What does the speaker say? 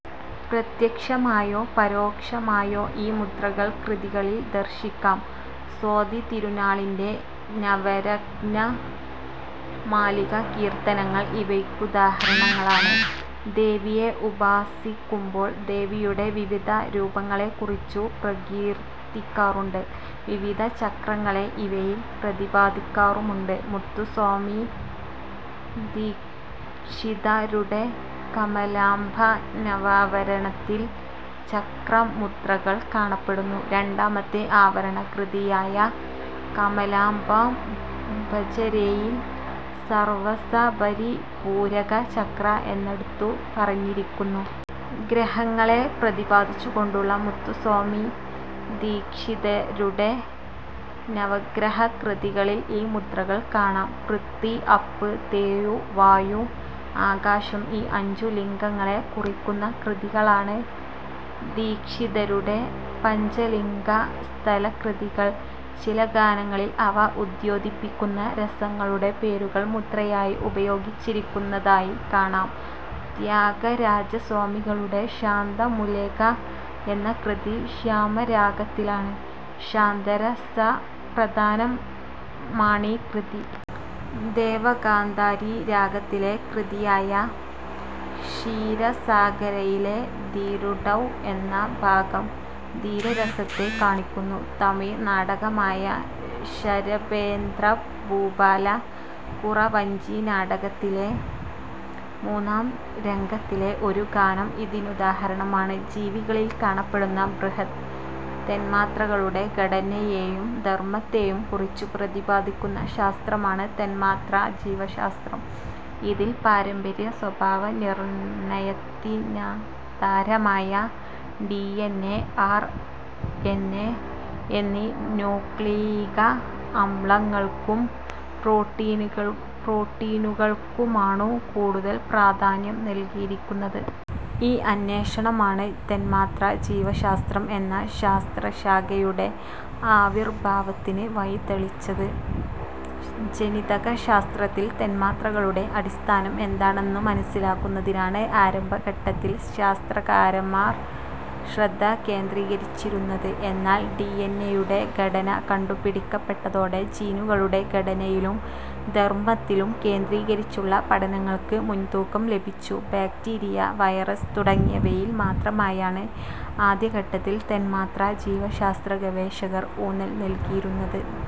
പ്രത്യക്ഷമായോ പരോക്ഷമായോ ഈ മുദ്രകൾ കൃതികളിൽ ദർശിക്കാം. സ്വാതിതിരുനാളിന്റെ നവരത്നമാലിക കീർത്തനങ്ങൾ ഇവയ്ക്കുദാഹരണങ്ങളാണ്. ദേവിയെ ഉപാസിക്കുമ്പോൾ ദേവിയുടെ വിവിധ രൂപങ്ങളെക്കുറിച്ചു പ്രകീർത്തിക്കാറുണ്ട്. വിവിധ ചക്രങ്ങളെ ഇവയിൽ പ്രതിപാദിക്കാറുമുണ്ട്. മുത്തുസ്വാമിദീക്ഷിതരുടെ കമലാംബ നവാവരണത്തിൽ ചക്രമുദ്രകൾ കാണപ്പെടുന്നു. രണ്ടാമത്തെ ആവരണകൃതിയായ കമലാംബാം ഭജരേയിൽ സർവസപരിപൂരക ചക്ര എന്നെടുത്തു പറഞ്ഞിരിക്കുന്നു. ഗ്രഹങ്ങളെ പ്രതിപാദിച്ചുകൊണ്ടുള്ള മുത്തുസ്വാമിദീക്ഷിതരുടെ നവഗ്രഹകൃതികളിൽ ഈ മുദ്രകൾ കാണാം. പൃഥ്വി, അപ്പ്, തേയു, വായു, ആകാശം ഈ അഞ്ചു ലിംഗങ്ങളെക്കുറിക്കുന്ന കൃതികളാണ് ദീക്ഷിതരുടെ പഞ്ചലിംഗസ്ഥലകൃതികൾ. ചില ഗാനങ്ങളിൽ അവ ഉദ്യോതിപ്പിക്കുന്ന രസങ്ങളുടെ പേരുകൾ മുദ്രയായി ഉപയോഗിച്ചിരിക്കുന്നതായി കാണാം. ത്യാഗരാജസ്വാമികളുടെ ശാന്തമുലേക എന്ന കൃതി ശ്യാമരാഗത്തിലാണ്. ശാന്തരസപ്രധാനമാണീ കൃതി. ദേവഗാന്ധാരി രാഗത്തിലെ കൃതിയായ ക്ഷീരസാഗരയിലെ ധീരുഡൗ എന്ന ഭാഗം ധീരരസത്തെ കാണിക്കുന്നു. തമിഴ്നാടകമായ "ശരഭേദ്ര ഭൂപാല കുറവഞ്ചി നാടക"ത്തിലെ മൂന്നാംരംഗത്തിലെ ഒരു ഗാനം ഇതിനുദാഹരണമാണ്. ജീവികളിൽ കാണപ്പെടുന്ന ബൃഹത് തന്മാത്രകളുടെ ഘടനയേയും ധർമത്തേയും കുറിച്ചു പ്രതിപാദിക്കുന്ന ശാസ്ത്രമാണ് തന്മാത്രാ ജീവശാസ്ത്രം. ഇതിൽ പാരമ്പര്യ സ്വഭാവനിർണയത്തിനാധാരമായ ഡിഎൻഎ, ആർഎൻഎ എന്നീ ന്യൂക്ലിയിക അമ്ലങ്ങൾക്കും പ്രോട്ടീനുകൾക്കുമാണു കൂടുതൽ പ്രാധാന്യം നൽകിയിരിക്കുന്നത്. ഈ അന്വേഷണമാണ് തന്മാത്രാജീവശാസ്ത്രം എന്ന ശാസ്ത്രശാഖയുടെ ആവിർഭാവത്തിന് വഴി തെളിച്ചത്. ജനിതകശാസ്ത്രത്തിൽ തന്മാത്രകളുടെ അടിസ്ഥാനം എന്താണെന്നു മനസ്സിലാക്കുന്നതിനാണ് ആരംഭഘട്ടത്തിൽ ശാസ്ത്രകാരന്മാർ ശ്രദ്ധ കേന്ദ്രീകരിച്ചിരുന്നത്. എന്നാൽ ഡിഎൻഎയുടെ ഘടന കണ്ടുപിടിക്കപ്പെട്ടതോടെ ജീനുകളുടെ ഘടനയിലും ധർമത്തിലും കേന്ദ്രീകരിച്ചുള്ള പഠനങ്ങൾക്ക് മുൻതൂക്കം ലഭിച്ചു. ബാക്ടീരിയ, വൈറസ് തുടങ്ങിയവയിൽ മാത്രമായാണ് ആദ്യ ഘട്ടത്തിൽ തന്മാത്രാജീവശാസ്ത്ര ഗവേഷകർ ഊന്നൽ നൽകിയിരുന്നത്.